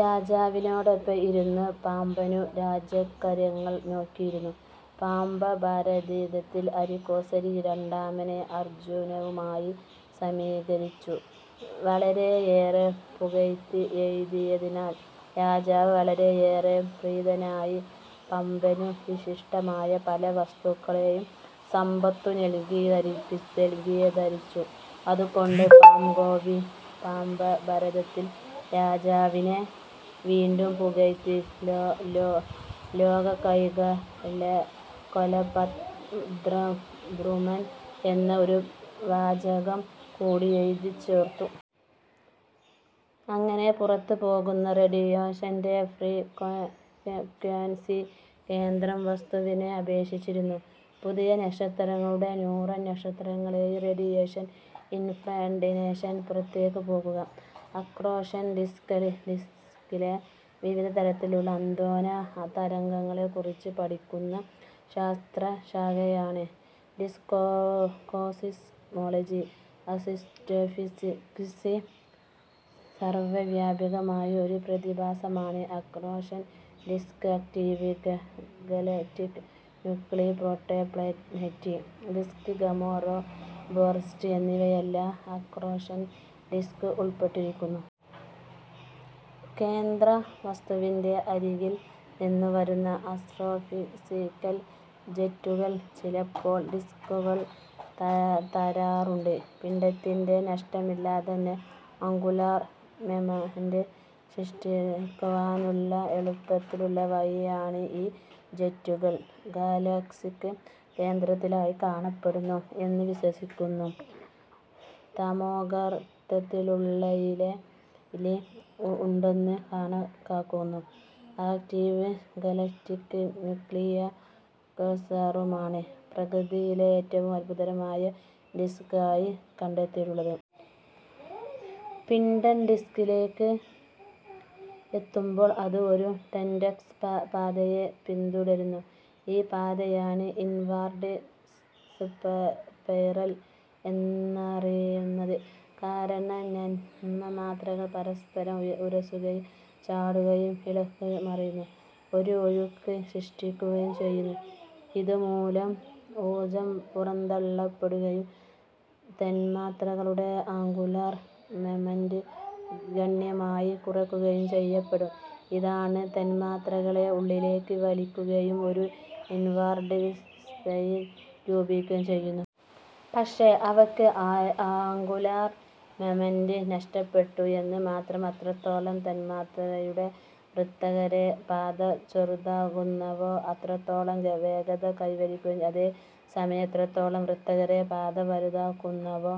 രാജാവിനോടൊപ്പം ഇരുന്നു പംപനും രാജ്യകാര്യങ്ങൾ നോക്കിയിരുന്നു. പംപഭാരതത്തിൽ അരികേസരി രണ്ടാമനെ അർജ്ജുനനുമായി സമീകരിച്ചു വളരെയേറെ പുകഴ്ത്തി എഴുതിയതിനാൽ രാജാവ് വളരെയേറെ പ്രീതനായി പമ്പനു വിശിഷ്ടമായ പല വസ്തുവകകളും സമ്പത്തും നൽകിയാദരിച്ചു. അതുകൊണ്ടു പംപാകവി പംപഭാരതത്തിൽ രാജാവിനെ വീണ്ടും പുകഴ്ത്തി ലോകൈക കല്പദ്രുമൻ എന്ന ഒരു വാചകം കൂടി എഴുതിച്ചേർത്തു. അങ്ങനെ പുറത്ത് പോകുന്ന റേഡിയേഷന്റെ ഫ്രീക്വെൻസി കേന്ദ്ര വസ്തുവിനെ അപേക്ഷിച്ചിരിക്കുന്നു. പുതിയ നക്ഷത്രങ്ങളുടേയും, ന്യൂട്രോൺ നക്ഷത്രങ്ങളുടേയും, റേഡിയേഷൻ ഇൻഫ്രാറെഡിലാണ് പുറത്തേക്ക് പോകുക; അക്രേഷൻ ഡിസ്കിലെ വിവിധതരത്തിലുള്ള ആന്തോലന തരംഗങ്ങളെകുറിച്ച് പഠിക്കുന്ന ശാസ്ത്രശാഖയാണ് ഡിസ്ക്കോസീസ്മോളജി. ആസ്റ്റോഫിസിക്ക്സിൽ സർവ്വവ്യാപിയായ ഒരു പ്രതിഭാസമാണ് accretion disc; active galactic nuclei, protoplanetary disc, gamma ray burst എന്നിവയിലെല്ലാം അക്രേഷൻ ഡിസ്ക് ഉപൾപ്പെട്ടിരിക്കുന്നു. കേന്ദ്രവസ്തുവിന്റെ അരികിൽ നിന്ന് വരുന്ന ആസ്റ്റ്രോഫിസിക്കൽ ജെറ്റുകൾ ചിലപ്പോൾ ഡിസ്ക്കുകൾ തരാറുണ്ട്. പിണ്ഡത്തിന്റെ നഷ്ടം ഇല്ലാതെതന്നെ ആങ്കുലാർ മൊമന്റം സൃഷ്ടിക്കുവാനുള്ള എളുപ്പത്തിലുള്ള വഴിയാണ് ഈ ജെറ്റുകൾ. ഗാലക്സിക്ക് കേന്ദ്രത്തിലായി കാണപ്പെടുന്നു എന്ന് വിശ്വസിക്കുന്ന തമോഗർത്തത്തിനുള്ളിലായിഉണ്ടെന്ന് കണക്കാക്കുന്ന ആക്റ്റീവ് ഗലക്റ്റിക് നൂക്ലിയും, ക്വാസാറുമാണ് പ്രകൃതിയിലെ ഏറ്റവും അത്ഭുതകരമായ ഡിസ്കായി കണ്ടെത്തിയിട്ടിള്ളത്. പിണ്ഡം ഡിസ്കിലേക്ക് എത്തുമ്പോൾ അത് ഒരു ടെന്റക്സ് പാതയെ പിൻതുടരുന്നു, ഈ പാതയാണ് ഇൻവാർഡ് സ്പൈറൽ എന്നറിയുന്നത്. കാരണം തന്മാത്രകൾ പരസ്പരം ഉരസുകയും, ചാടുകയും ഇളകിമറിയുന്ന ഒരു ഒഴുക്ക് സൃഷ്ടിക്കുകയും, ചെയ്യുന്നു, ഇതുമൂലം ഊർജ്ജം പുറന്തള്ളപ്പെടുകയും, തന്മാത്രകളുടെ ആങ്കുലാർ മൊമന്റം ഗണ്യമായി കുറക്കുകയും ചെയ്യപ്പെടും, ഇതാണ് തന്മാത്രകളെ ഉള്ളിലേക്ക് വലിക്കുകയും, ഒരു ഇൻവാർഡ് സ്പൈരൽ രൂപീകരിക്കുകയും ചെയ്യുന്നത്. പക്ഷെ അവയ്ക്ക് ആങ്കുലാർ മൊമന്റം നഷ്ടപ്പെട്ടു എന്ന് മാത്രം. എത്രത്തോളം തന്മാത്രയുടെ വൃത്താകാര പാത ചെറുതാകുന്നുവോ അത്രത്തോളം വേഗത കൈവരിക്കുകയും, അതേ സമയം എത്രത്തോളം വൃത്താകാര പാത വലുതാകുന്നുവോ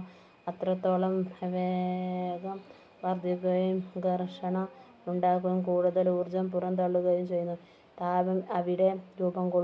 അത്രത്തോളം പ്രവേഗം വർദ്ധിക്കുകയും, ഘർഷണം ഉണ്ടാകുകയും, കൂടുതൽ ഊർജ്ജം പുറംതള്ളുകയും ചെയ്യുന്നു. താപം അവിടെ രൂപംകൊള്ളുന്നു.